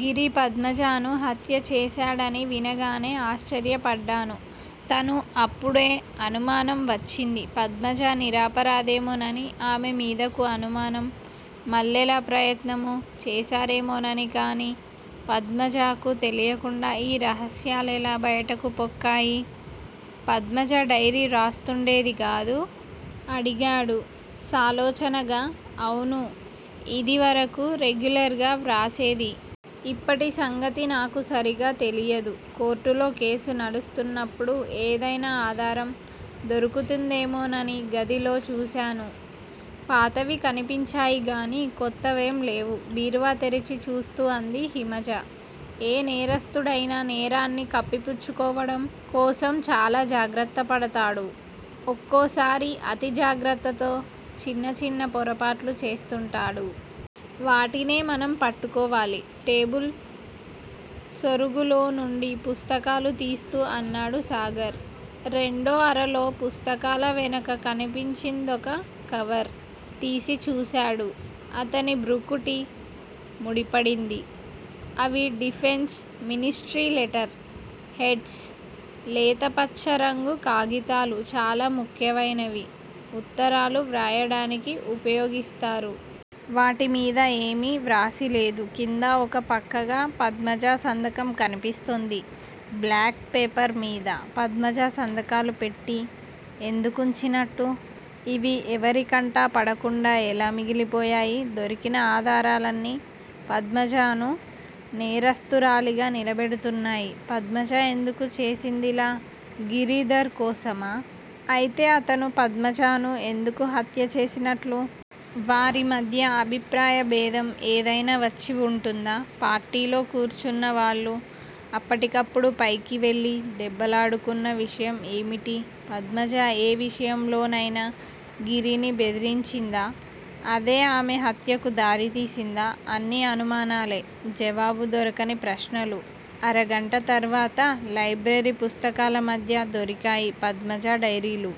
గిరి పద్మజను హత్య చేశాడని వినగానే ఆశ్చర్యపడ్డాడు తను. అప్పుడే అనుమానం వచ్చింది. పద్మజ నిరపరాధేమోనని, ఆమె మీదకు అనుమానం మళ్లేలా ప్రయత్నము చేశారేమోనని కానీ పద్మజకు తెలియకుండా ఈ రహస్యాలెలా బయటకు పొక్కాయి? పద్మజ డైరీ వ్రాస్తుండేది గదూ? అడిగాడు సాలోచనగా. అవును, ఇదివరకు రెగ్యులర్ గా వ్రాసేది. ఇప్పటి సంగతి నాకు సరిగా తెలియదు. కోర్టులో కేసు నడుస్తున్నప్పుడు ఏదయినా ఆధారం దొరుకుతుందేమోనని గదిలో చూశాను. పాతవి కనిపించాయి గాని కొత్తవేం లేవు బీరువా తెరచి చూస్తూ అంది హిమజ. ఏ నేరస్థుడయినా నేరాన్ని కప్పిపుచ్చుకోవడం కోసం చాలా జాగ్రత్తపడతాడు. ఒక్కోసారి అతి జాగ్రత్తతో చిన్న చిన్న పొరపాట్లు చేస్తుంటాడు. వాటినే మనం పట్టుకోవాలి టేబుల్ సొరుగులో నుండి పుస్తకాలు తీస్తూ అన్నాడు సాగర్. రెండో అరలో పుస్తకాల వెనక కనిపించిందొక కవర్. తీసి చూశాడు. అతని భృకుటి ముడిపడింది. అవి డిఫెన్సు మినిస్ట్రీ లెటర్ హెడ్స్. లేతపచ్చరంగు కాగితాలు చాలా ముఖ్యమైనవి ఉత్తరాలు వ్రాయడానికి ఉపయోగిస్తారు. వాటి మీద ఏమీ వ్రాసిలేదు. క్రింద ఒక పక్కగా పద్మజ సంతకం కనిపిస్తోంది. బ్లాంక్ పేపర్లమీద పద్మజ సంతకాలు పెట్టి ఎందుకుంచినట్టు? ఇవి ఎవరికంటాపడకుండా ఎలా మిగిలిపోయాయి? దొరికిన ఆధారాలన్నీ పద్మజను నేరస్తురాలిగా నిలబెడుతున్నాయి. పద్మజ ఎందుకు చేసిందిలా? గిరిధర్ కోసమా? అయితే అతను పద్మజను ఎందుకు హత్యచేసినట్లు? వారి మధ్య అభిప్రాయభేదం ఏదైనా వచ్చి వుంటుందా? పార్టీలో కూర్చున్నవాళ్ళు అప్పటికప్పుడు పైకి వెళ్ళి దెబ్బలాడుకున్న విషయం ఏమిటి? పద్మజ ఏ విషయంలోనయినా గిరిని బెదిరించిందా? అదే ఆమె హత్యకు దారితీసిందా? అన్నీ అనుమానాలే. జవాబు దొరకని ప్రశ్నలు. అరగంట తర్వాత లైబ్రరీ పుస్తకాల మధ్య దొరికాయి పద్మజ డైరీలు.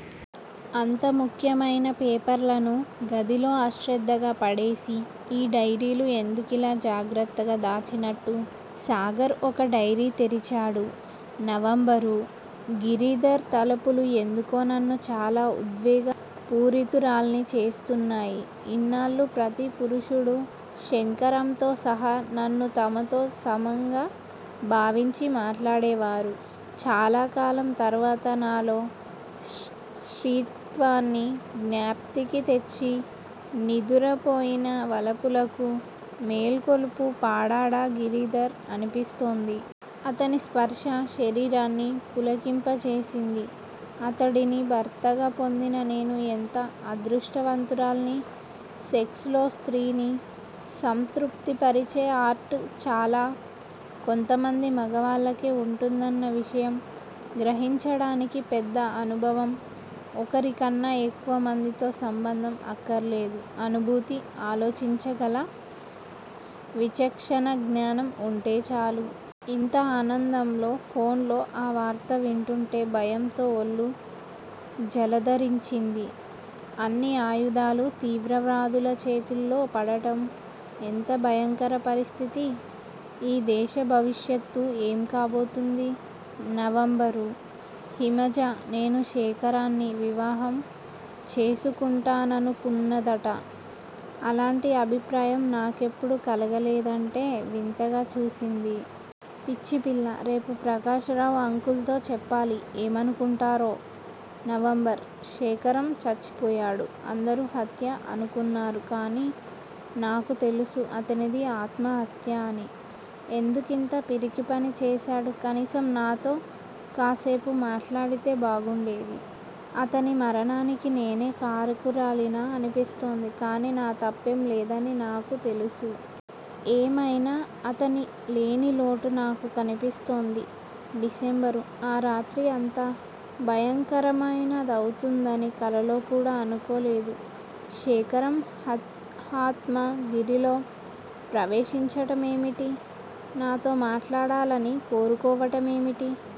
అంత ముఖ్యమైన పేపర్లను గదిలో అశ్రద్దగా పడేసి ఈ డైరీలు ఎందుకిలా జాగ్రత్తగా దాచినట్టు? సాగర్ ఒక డైరీ తెరిచాడు. నవంబరు: గిరిధర్ తలపులు ఎందుకో నన్ను చాలా ఉద్వేగ పూరితురాల్ని చేస్తున్నాయి, ఇన్నాళ్ళూ ప్రతి పురుషుడూ శేఖరంతో సహా నన్ను తమతో సమంగా భావించి మాట్లాడేవారు, చాలాకాలం తర్వాత నాలో స్త్రీత్వాన్ని జ్ఞప్తికి తెచ్చి నిదురపోయిన వలపులకు మేల్కొలుపు పాడాడా గిరిధర్ అనిపిస్తోంది. అతని స్పర్శ శరీరాన్ని పులకింపజేసింది. అతడిని భర్తగా పొందిన నేను ఎంత అదృష్టవంతురాల్ని. సెక్స్ లో స్త్రీని సంతృప్తిపరిచే ఆర్ట్ చాలా కొద్దిమంది మగవాళ్ళకే వుంటుందన్న విషయం గ్రహించడానికి పెద్ద అనుభవం, ఒకరికన్నా ఎక్కువ మందితో సంబంధం అక్కర్లేదు. అనుభూతి, ఆలోచించగల విచక్షణా జ్ఞానం వుంటే చాలు. ఇంత ఆనందంలో ఫోన్లో ఆ వార్త వింటుంటే భయంతో ఒళ్ళు జలదరించింది. అన్ని ఆయుధాలు తీవ్రవాదుల చేతుల్లో పడడం ఎంత భయంకర పరిస్థితి! ఈ దేశ భవిష్యత్తు ఏం కాబోతుంది? నవంబరు: హిమజ నేను శేఖరాన్ని వివాహం చేసుకుంటాననుకున్నదిట. అలాంటి అభిప్రాయం నాకెప్పుడూ కలగలేదంటే వింతగా చూసింది. పిచ్చిపిల్ల. రేపు ప్రకాశరావు అంకుల్ తో చెప్పాలి. ఏమనుకుంటారో? నవంబరు: శేఖరం చచ్చిపోయాడు. అందరూ హత్య అనుకున్నారు. కాని నాకు తెలుసు అతనిది ఆత్మహత్య అని. ఎందుకింత పిరికిపని చేశాడు? కనీసం నాతో కాస్సేపు మాట్లాడితే బాగుండేది. అతని మరణానికి నేనె కారకురాలినా అనిపిస్తోంది. కాని నా తప్పేం లేదని నాకు తెలుసు. ఏమయినా అతని లేని లోటు నాకు కనిపిస్తోంది. డిసెంబరు: ఆ రాత్రి అంత భయంకరమైనదవుతుందని కలలో కూడా అనుకోలేదు. శేఖరం ఆత్మ గిరిలో ప్రవేశించటమేమిటి? నాతో మాట్లాడాలని కోరుకోవటమేమిటి?